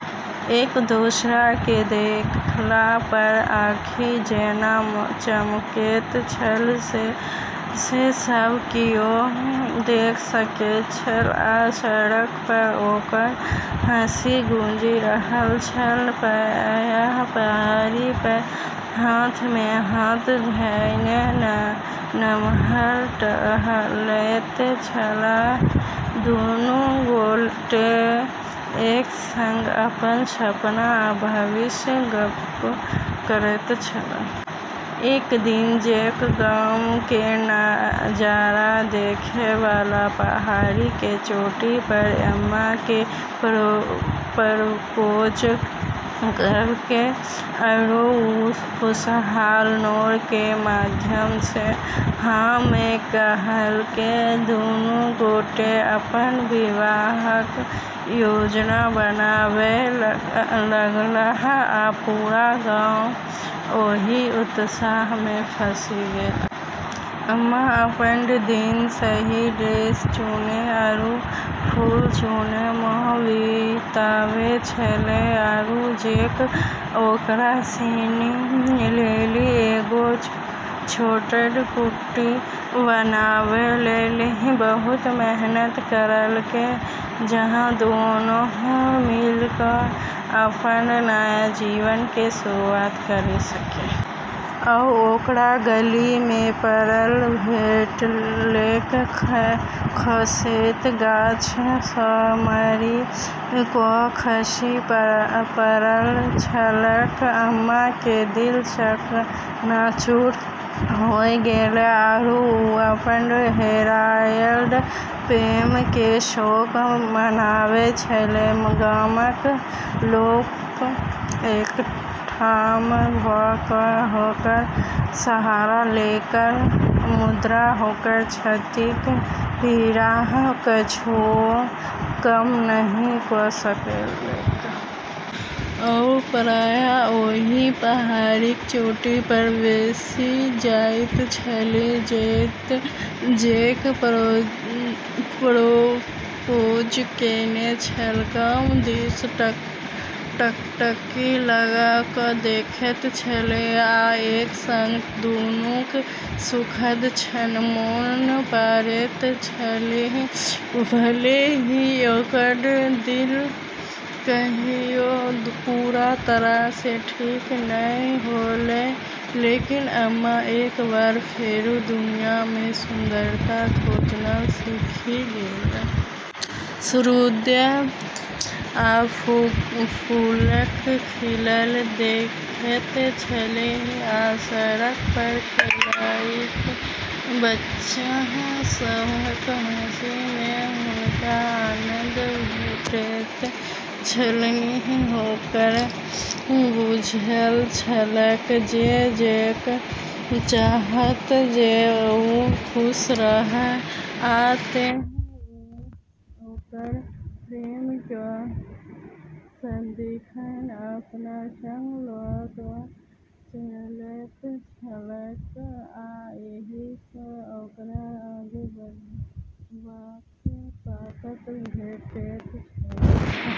एक दोसरा के देखला पर आँखि जेना चमकैत छल से सब कियो देख सकैत छल, आ सड़क पर ओकर हँसी गूँजि रहल छल। प्रायः पहाड़ी पर हाथ मे हाथ धयने नम्हर टहलैत छलाह, दुनू गोटे एक संग अपन सपना आ भविष्यक गप्प करैत छलाह। एक दिन जैक गाम के नजारा देखै वाला पहाड़ी के चोटी पर एम्मा के प्रपोज करलकै, आरो वू खुशहाल नोर के माध्यम सें हाँ में कहलकै। दुनू गोटे अपन विवाहक योजना बनाबय लगलाह, आ पूरा गाम ओहि उत्साह मे फँसि गेल। एम्मा अपनऽ दिन सही ड्रेस चुनै आरू फूल चुनै म॑ बिताबै छेलै, आरू जैक ओकरा सिनी लेली एगो छोटऽ कुटी बनाबै लेली बहुत मेहनत करलकै, जहाँ दोनों मिल क॑ अपनऽ नया जीवन के शुरुआत करी सक॑। ओ ओकरा गली मे पड़ल भेटलैक, खसैत गाछ सँ मारि क' खसि पड़ल छलैक। एम्मा के दिल चकनाचूर होय गेलै, आरो वू अपनऽ हेरायलऽ प्रेम के शोक मनाबै छेली। गामक लोक एकठाम भ' क' ओकर सहारा लेलक, मुदा ओकर क्षतिक पीड़ा किछुओ कम नहि क' सकलैक। ओ प्रायः ओहि पहाड़ीक चोटी पर बैसि जाइत छलीह जतय जैक प्रपोज केने छल, गाम दिस टकटकी लगा क ' देखैत छलीह आ एक संग दुनूक सुखद क्षण मोन पाड़ैत छलीह। भले ही ओकरऽ दिल कहियो पूरा तरह सें ठीक नै होलै, लेकिन एम्मा एक बार फेरू दुनिया में सुंदरता खोजना सीखी गेलै। सूर्योदय आ फूलक खिलल देखैत छलीह, आ सड़क पर खेलाइत बच्चा सभक हँसी मे हुनका आनन्द भेटैत छलनि। ओकरा बुझल छलैक जे जैक चाहत जे ओ खुश रहय, आ तें ओ ओकर प्रेम केँ सदिखन अपना संग ल' क' चलैत छलैक, आ एहि सँ ओकरा आगू बढ़बाक ताकत भेटैत छलैक।